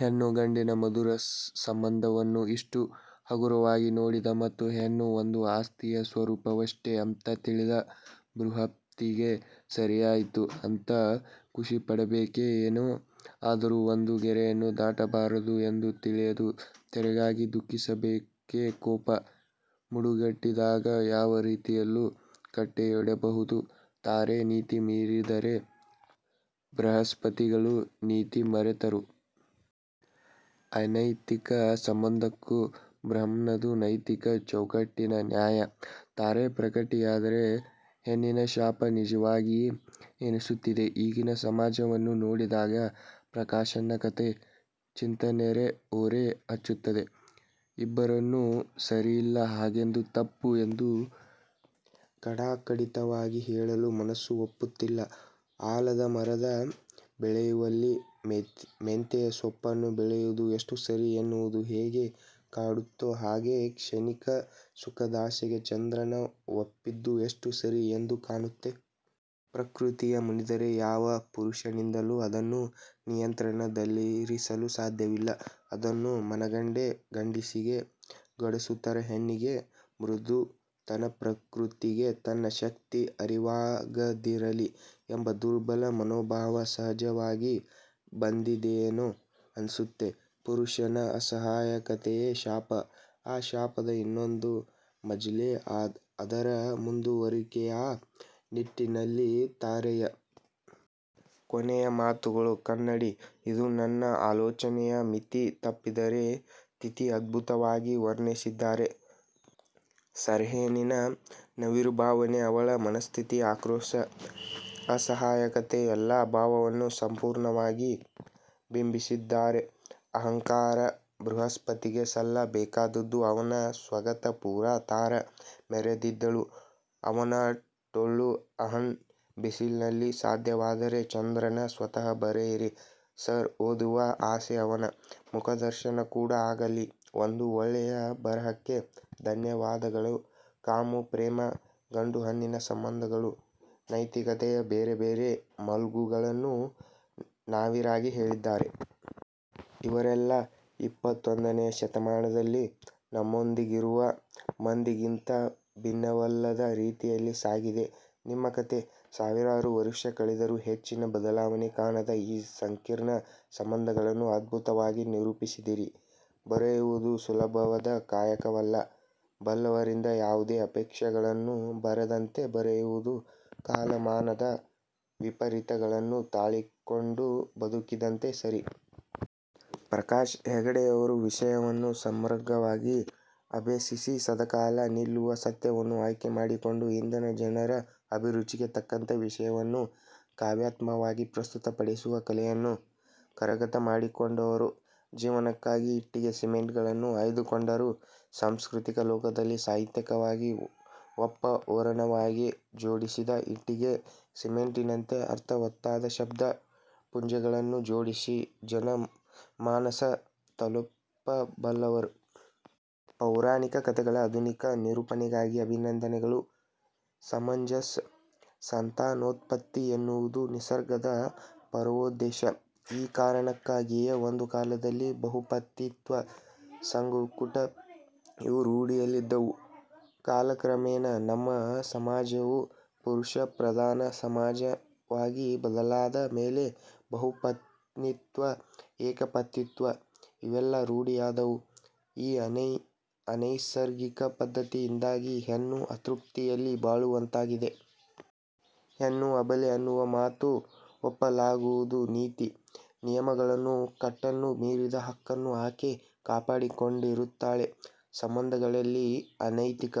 ಹೆಣ್ಣು ಗಂಡಿನ ಮಧುರ ಸಂಬಂಧವನ್ನು ಇಷ್ಟು ಹಗುರವಾಗಿ ನೋಡಿದ ಮತ್ತು ಹೆಣ್ಣು ಒಂದು ಆಸ್ತಿಯ ಸ್ವರುಪವಷ್ಟೇ ಅಂತ ತಿಳಿದ ಭ್ರುಹಸ್ಪತಿಗೆ ಸರಿಯಾಯಿತು ಅಂತ ಖುಶಿಪಡಬೇಕೇ ಏನೇ ಆದರು ಒಂದು ಗೆರೆಯನ್ನು ದಾಟಬಾರದು ಎಂದು ತಿಳಿಯದ ತಾರೆಗಾಗಿ ದುಃಖಿಸಬೇಕೆಕೋಪ ಮಡುಗಟ್ಟಿದಾಗ ಯಾವ ರೀತಿಯಲ್ಲೂ ಕಟ್ಟೆಯೊಡೆಯಬಹುದು. ತಾರೆ ನೀತಿ ಮೀರಿದರೆ ಬ್ರಹಸ್ಪತಿಗಳು ನೀತಿ ಮರೆತರು. ಅನೈತಿಕ ಸಂಬಂಧಕ್ಕೂ ಬ್ರಹ್ಮನದು ನೈತಿಕ ಚೌಕಟ್ಟಿನ ನ್ಯಾಯ. ತಾರೆ ಪ್ರಕೃತಿಯಾದರೆ ಹೆಣ್ಣಿನ ಶಾಪ ನಿಜವಾಗಿದೆ ಎನಿಸುತ್ತಿದೆ ಈಗಿನ ಸಮಾಜವನ್ನು ನೋಡಿದಾಗ. ಪ್ರಕಾಶಣ್ಣ ಕಥೆ ಚಿಂತನೆಗೆ ಓರೆ ಹಚ್ಚುತ್ತದೆ. ಇಬ್ಬರದೂ ಸರಿಯಲ್ಲ ಹಾಗೆಂದು ತಪ್ಪು ಎಂದು ಖಡಾಖಂಡಿತವಾಗಿ ಹೇಳಲು ಮನಸ್ಸು ಒಪ್ಪುತ್ತಿಲ್ಲ. ಆಲದ ಮರ ಬೆಳೆಯುವಲ್ಲಿ ಮೆಂತೆಯ ಸೊಪ್ಪುನ್ಣು ಬೆಳೆಸುವುದು ಎಷ್ಟು ಸರಿ ಎನ್ನುವುದು ಹೇಗೆ ಕಾಡುತ್ತೋ ಹಾಗೆ ಕ್ಷಣಿಕ ಸುಖದಾಸೆಗೆ ಚಂದ್ರನ ಒಪ್ಪಿದ್ದೂ ಎಷ್ಟು ಸರಿ ಎಂದು ಕಾಡುತ್ತೆ. ಪ್ರಕೃತಿಯ ಮುನಿದರೆ ಯಾವ ಪುರುಷನಿಂದಲು ಅದನ್ನು ನಿಯಂತ್ರಣದಲ್ಲಿರಿಸಲು ಸಾದ್ಯವಿಲ್ಲ. ಅದನ್ನು ಮನಗಂಡೇ ಗಂಡಸಿಗೆ ಗಡಸುತನ ಹೆಣ್ಣಿಗೆ ಮೃದುತನಪ್ರಕೃತಿಗೆ ತನ್ನ ಶಕ್ತಿ ಅರಿವಾಗದಿರಲಿ ಎಂದು ದುರ್ಬಲ ಮನೋಭಾವ ಸಹಜವಾಗಿ ಬಂದಿದೆಯೇನೋ ಅನ್ಸುತ್ತೆ.. ಪುರುಷನ ಅಸಹಾಯಕತೆಯೇ ಶಾಪ. ಆ ಶಾಪದ ಇನ್ನೊಂದು ಮಜಲೇ ಅದರ ಮುಂದುವರಿಕೆಆ ನಿಟ್ಟಿನಲ್ಲಿ ತಾರೆಯ ಕೊನೆಯ ಮಾತುಗಳು ಕನ್ನಡಿಇದು ನನ್ನ ಆಲೋಚನೆಯ ಮಿತಿ ತಪ್ಪಿದ್ದರೆ ತಿದ್ದಿಅದ್ಭುತವಾಗಿ ವರ್ಣಿಸಿದ್ದೀರಾ ಸರ್ಹೆಣ್ಣಿನ ನವಿರು ಭಾವನೆ ಅವಳ ಮನಸ್ಥಿತಿ ಆಕ್ರೋಶ ಅಸಹಾಯಕತೆ ಎಲ್ಲಾ ಭಾವಗಳು ಪೂರ್ಣವಾಗಿ ಬಿಂಬಿಸಿದ್ದೀರಾಅಹಂಕಾರಿ ಬೃಹಸ್ಪತಿಗೆ ಸಲ್ಲ ಬೇಕಾದ್ದುದ್ದೆ ಅವನ ಸ್ವಗತ ಪೂರಾ ತಾರ ಮೆರೆದಿದ್ದಳು ಅವನ ಠೊಳ್ಳು ಅಹಂನ ಬಿಸಿಲನಲ್ಲಿಸಾಧ್ಯವಾದರೆ ಚಂದ್ರನ ಸ್ವಗತ ಬರೆಯಿರಿ ಸರ್ ಓದುವ ಆಸೆಅವನ ಮುಖದರ್ಶನ ಕೂಡ ಆಗಲಿಒಂದು ಒಳ್ಳೆಯ ಬರಹಕ್ಕೆ ಧನ್ಯವಾದಗಳು ಕಾಮ, ಪ್ರೇಮ, ಗಂಡು ಹೆಣ್ಣಿನ ಸಂಬಂದಗಳು, ನೈತಿಕತೆಯ ಬೇರೆಬೇರೆ ಮಗ್ಗುಲುಗಳನ್ನು ನವಿರಾಗಿ ಹೇಳಿದ್ದಿರಾ. ಇವರೆಲ್ಲ ಇಪ್ಪತ್ತೊಂದನೆಯ ಶತಮಾನದಲ್ಲಿ ನಮ್ಮೊಂದಿಗಿರುವ ಮಂದಿಗಿಂತ ಭಿನ್ನವಲ್ಲದ ರೀತಿಯಲ್ಲಿ ಸಾಗಿದೆ ನಿಮ್ಮ ಕತೆ. ಸಾವಿರಾರು ವರುಷ ಕಳೆದರೂ ಹೆಚ್ಚಿನ ಬದಲಾವಣೆ ಕಾಣದ ಈ ಸಂಕೀರ್ಣ ಸಂಬಂದಗಳನ್ನು ಅದ್ಬುತವಾಗಿ ನಿರೂಪಿಸಿದ್ಡಿರಿ. ಬರೆಯುವದು ಸುಲಭದ ಕಾಯಕವಲ್ಲ. ಬಲ್ಲವರಿಂದ ಯಾವುದೇ ಆಕ್ಷೇಪಣೆಗಳೂ ಬರದಂತೆ ಬರೆಯುವದು ಕಾಲಮಾನದ ವಿಪರೀತಗಳನ್ನು ತಾಳಿಕೊಂಡು ಬದುಕಿದಂತೆ ಸರಿ. ಪ್ರಕಾಶ ಹೆಗಡೆಯವರು ವಿಷಯವನ್ನು ಸಮಗ್ರವಾಗಿ ಅಭ್ಯಸಿಸಿ ಸದಾಕಾಲ ನಿಲ್ಲುವ ಸತ್ಯವನ್ನು ಆಯ್ಕೆಮಾಡಿಕೊಂಡು ಇಂದಿನ ಜನರ ಅಭಿರುಚಿಗೆ ತಕ್ಕಂತೆ ವಿಷಯವನ್ನು ಕಾವ್ಯಾತ್ಮಕವಾಗಿ ಪ್ರಸ್ತುತ ಪಡಿಸುವ ಕಲೆಯನ್ನು ಕರಗತಮಾಡಿಕೊಂಡವರು. ಜೀವನಕ್ಕಾಗಿ ಇಟ್ಟಿಗೆ ಸಿಮೆಂಟ್ ಗಳನ್ನು ಆಯ್ದುಕೊಂಡರೂ ಸಾಂಸ್ಕ್ರತಿಕ ಲೋಕದಲ್ಲಿ ಸಾಹಿತ್ಯಿಕವಾಗಿ ಒಪ್ಪ ಓರಣವಾಗಿ ಜೋಡಿಸಿದ ಇಟ್ಟಿಗೆ ಸಿಮೆಂಟಿನಂತೆ ಅರ್ಥವತ್ತಾದ ಶಬ್ದ ಪುಂಜಗಳನ್ನು ಜೋಡಿಸಿ ಜನ ಮಾನಸ ತಲುಪಬಲ್ಲವರು. ಪೌರಾಣಿಕ ಕತೆಗಳ ಆಧುನಿಕ ನಿರೂಪಣೆಗಾಗಿ ಅಭಿನಂದನೆಗಳು. ಸಮಂಜಸ ಸಂತಾನೋತ್ಪತ್ತಿ ಎನ್ನುವುದು ನಿಸರ್ಗದ ಪರಮೋದ್ದೇಶ. ಈ ಕಾರಣಕ್ಕಾಗಿಯೇ ಒಂದು ಕಾಲದಲ್ಲಿ ಬಹುಪತಿತ್ವ, ಸಂಘಕೂಟ ಇವು ರೂಢಿಯಲ್ಲಿದ್ದವು. ಕಾಲಕ್ರಮೇಣ ನಮ್ಮ ಸಮಾಜವು ಪುರುಷಪ್ರಧಾನ ಸಮಾಜವಾಗಿ ಬದಲಾದ ಮೇಲೆ ಬಹುಪತ್ನಿತ್ವ ಏಕಪತಿತ್ವ ಇವೆಲ್ಲ ರೂಢಿಯಾದವು. ಈ ಅನೈಸರ್ಗಿಕ ಪದ್ಧತಿಯಿಂದಾಗಿ ಹೆಣ್ಣು ಅತೃಪ್ತಿಯಲ್ಲಿ ಬಾಳುವಂತಾಗಿದೆ. ಹೆಣ್ಣು ಅಬಲೆ ಅನ್ನುವ ಮಾತು ಒಪ್ಪಲಾಗದುನೀತಿ ನಿಯಮಗಳ ಕಟ್ಟನ್ನು ಮೀರುವ ಹಕ್ಕನ್ನು ಆಕೆ ಕಾಪಾಡಿಕೊಂಡಿರುತ್ತಾಳೆಸಂಬಂಧಗಳಲ್ಲಿ ಅನೈತಿಕ